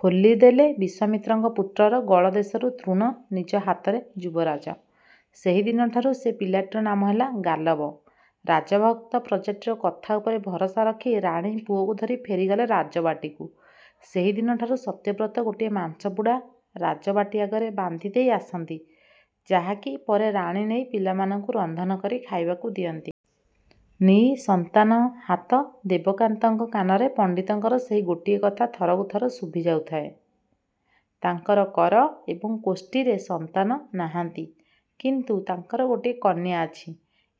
ଖୋଲିଦେଲେ ବିଶ୍ୱାମିତ୍ରଙ୍କ ପୁତ୍ରର ଗଳଦେଶରୁ ତୃଣ ନିଜ ହାତରେ ଯୁବରାଜ। ସେହିଦିନଠାରୁ ସେ ପିଲାଟିର ନାମ ହେଲା ଗାଲବ। ରାଜଭକ୍ତ ପ୍ରଜାଟିର କଥା ଉପରେ ଭରସା ରଖି ରାଣୀ ପୁଅକୁ ଧରି ଫେରିଗଲେ ରାଜବାଟିକୁ। ସେହିଦିନଠାରୁ ସତ୍ୟବ୍ରତ ଗୋଟିଏ ମାଂସପୁଡ଼ା ରାଜବାଟି ଆଗରେ ବାନ୍ଧିଦେଇ ଆସନ୍ତି; ଯାହାକି ପରେ ରାଣୀ ନେଇ ପିଲାମାନଙ୍କୁ ରନ୍ଧନକରି ଖାଇବାକୁ ଦିଅନ୍ତି। ନିସନ୍ତାନହାତ ଦେବକାନ୍ତଙ୍କ କାନରେ ପଣ୍ଡିତଙ୍କର ସେହି ଗୋଟିଏ କଥା ଥରକୁ ଥର ଶୁଭିଯାଉଥାଏ। ତାଙ୍କର କର ଏବଂ କୋଷ୍ଠିରେ ସନ୍ତାନ ନାହାନ୍ତି। କିନ୍ତୁ ତାଙ୍କର ଗୋଟିଏ କନ୍ୟା ଅଛି,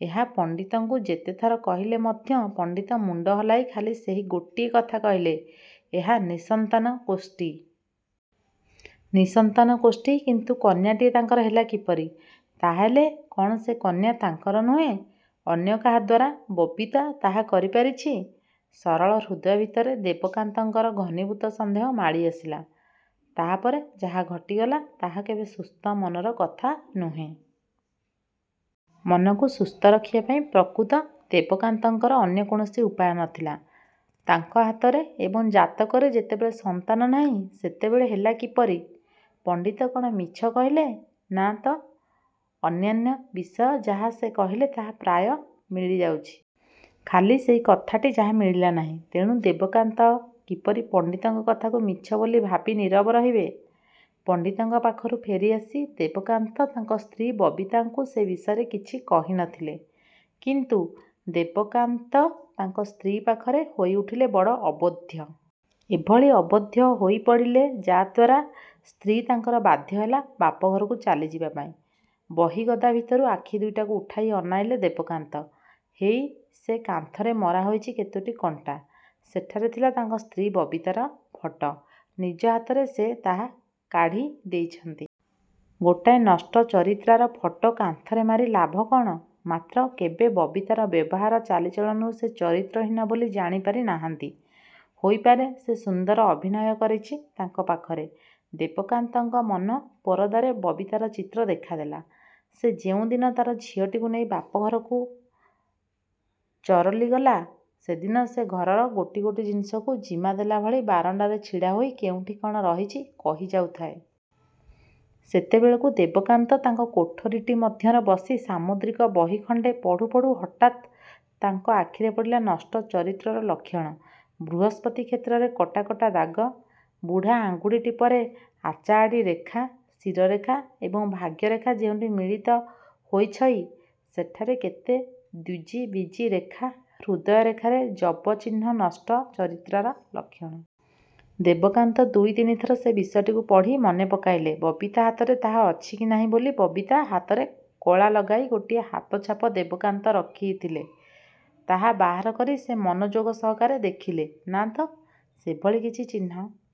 ଏହା ପଣ୍ଡିତଙ୍କୁ ଯେତେଥର କହିଲେ ମଧ୍ୟ ପଣ୍ଡିତ ମୁଣ୍ଡ ହଲାଇ ଖାଲି ସେହି ଗୋଟିଏ କଥା କହିଲେ, ଏହା ନିଃସନ୍ତାନ କୋଷ୍ଠି। ନିଃସନ୍ତାନ କୋଷ୍ଠି କିନ୍ତୁ କନ୍ୟାଟିଏ ତାଙ୍କର ହେଲା କିପରି? ତାହାହେଲେ କ'ଣ ସେ କନ୍ୟା ତାଙ୍କର ନୁହେଁ ଅନ୍ୟ କାହାଦ୍ୱାରା ବବିତା ତାହା କରିପାରିଛି? ସରଳ ହୃଦୟ ଭିତରେ ଦେବକାନ୍ତଙ୍କର ଘନିଭୂତ ସନ୍ଦେହ ମାଡ଼ି ଆସିଲା। ତାହାପରେ ଯାହା ଘଟିଗଲା ତାହା କେବେ ସୁସ୍ଥ ମନର କଥା ନୁହେଁ। ମନକୁ ସୁସ୍ଥ ରଖିବାପାଇଁ ପ୍ରକୃତ ଦେବକାନ୍ତଙ୍କର ଅନ୍ୟ କୌଣସି ଉପାୟ ନଥିଲା। ତାଙ୍କ ହାତରେ ଏବଂ ଜାତକରେ ଯେତେବେଳେ ସନ୍ତାନ ନାହିଁ ସେତେବେଳେ ହେଲା କିପରି? ପଣ୍ଡିତ କ'ଣ ମିଛ କହିଲେ? ନା ତ। ଅନ୍ୟାନ୍ୟ ବିଷୟ ଯାହା ସେ କହିଲେ ତାହା ପ୍ରାୟ ମିଳିଯାଉଛି। ଖାଲି ସେହି କଥାଟି ଯାହା ମିଳିଲା ନାହିଁ। ତେଣୁ ଦେବକାନ୍ତ କିପରି ପଣ୍ଡିତଙ୍କ କଥାକୁ ମିଛ ବୋଲି ଭାବି ନୀରବ ରହିବେ? ପଣ୍ଡିତଙ୍କ ପାଖରୁ ଫେରିଆସି ଦେବକାନ୍ତ ତାଙ୍କ ସ୍ତ୍ରୀ ବବିତାଙ୍କୁ ସେ ବିଷୟରେ କିଛି କହିନଥିଲେ। କିନ୍ତୁ ଦେବକାନ୍ତ ତାଙ୍କ ସ୍ତ୍ରୀ ପାଖରେ ହୋଇ ଉଠିଲେ ବଡ଼ ଅବୋଧ୍ୟ। ଏଭଳି ଅବୋଧ୍ୟ ହୋଇପଡ଼ିଲେ ଯାଦ୍ୱାରା ସ୍ତ୍ରୀ ତାଙ୍କର ବାଧ୍ୟହେଲା ବାପଘରକୁ ଚାଲିଯିବା ପାଇଁ। ବହିଗଦା ଭିତରୁ ଆଖି ଦୁଇଟାକୁ ଉଠାଇ ଅନାଇଲେ ଦେବକାନ୍ତ। ହେଇ ସେ କାନ୍ଥରେ ମରା ହୋଇଛି କେତୋଟି କଣ୍ଟା। ସେଠାରେ ଥିଲା ତାଙ୍କ ସ୍ତ୍ରୀ ବବିତାର ଫଟ। ନିଜ ହାତରେ ସେ ତାହା କାଢ଼ି ଦେଇଛନ୍ତି। ଗୋଟାଏ ନଷ୍ଟ ଚରିତ୍ରାର ଫଟ କାନ୍ଥରେ ମାରି ଲାଭ କ'ଣ-? ମାତ୍ର କେବେ ବବିତାର ବ୍ୟବହାର ଚାଲି ଚଳନରୁ ସେ ଚରିତ୍ରହୀନା ବୋଲି ଜାଣିପାରି ନାହାନ୍ତି-। ହୋଇପାରେ ସେ ସୁନ୍ଦର ଅଭିନୟ କରିଛି ତାଙ୍କ ପାଖରେ। ଦେବକାନ୍ତଙ୍କ ମନ ପରଦାରେ ବବିତାର ଚିତ୍ର ଦେଖାଦେଲା। ସେ ଯେଉଁଦିନ ତା'ର ଝିଅଟିକୁ ନେଇ ବାପ ଘରକୁ ଚରଲିଗଲା ସେଦିନ ସେ ଘରର ଗୋଟି ଗୋଟି ଜିନିଷକୁ ଜିମା ଦେଲାଭଳି ବାରଣ୍ଡାରେ ଛିଡ଼ାହୋଇ କେଉଁଠି କ'ଣ ରହିଛି କହିଯାଉଥାଏ। ସେତେବେଳକୁ ଦେବକାନ୍ତ ତାଙ୍କ କୋଠରୀଟି ମଧ୍ୟର ବସି ସାମୁଦ୍ରିକ ବହି ଖଣ୍ଡେ ପଢ଼ୁ ପଢ଼ୁ ହଠାତ୍ ତାଙ୍କ ଆଖିରେ ପଡ଼ିଲା ନଷ୍ଟ ଚରିତ୍ରର ଲକ୍ଷଣ। ବୃହସ୍ପତି କ୍ଷେତ୍ରରେ କଟା କଟା ଦାଗ, ବୁଢ଼ା ଆଙ୍ଗୁଠି ଟିପରେ ଆଚାଆଡ଼ି ରେଖା, ଶିରରେଖା। ଏବଂ ଭାଗ୍ୟରେଖା ଯେଉଁଠି ମିଳିତ ହୋଇଛଇ ସେଠାରେ କେତେ ଦ୍ୱିଜିବିଜି ରେଖା, ହୃଦୟ ରେଖାରେ ଯବ ଚିହ୍ନ ନଷ୍ଟ ଚରିତ୍ରାର ଲକ୍ଷଣ। ଦେବକାନ୍ତ ଦୁଇ ତିନିଥର ସେ ବିଷୟଟିକୁ ପଢ଼ି ମନେ ପକାଇଲେ ବବିତା ହାତରେ ତାହା ଅଛି କି ନାହିଁ ବୋଲି ବବିତା ହାତରେ କଳା ଲଗାଇ ଗୋଟିଏ ହାତଛାପ ଦେବକାନ୍ତ ରଖିଥିଲେ ତାହା ବାହାରକରି ସେ ମନଯୋଗ ସହକାରେ ଦେଖିଲେ। ନା ତ-ସେଭଳି କିଛି ଚିହ୍ନ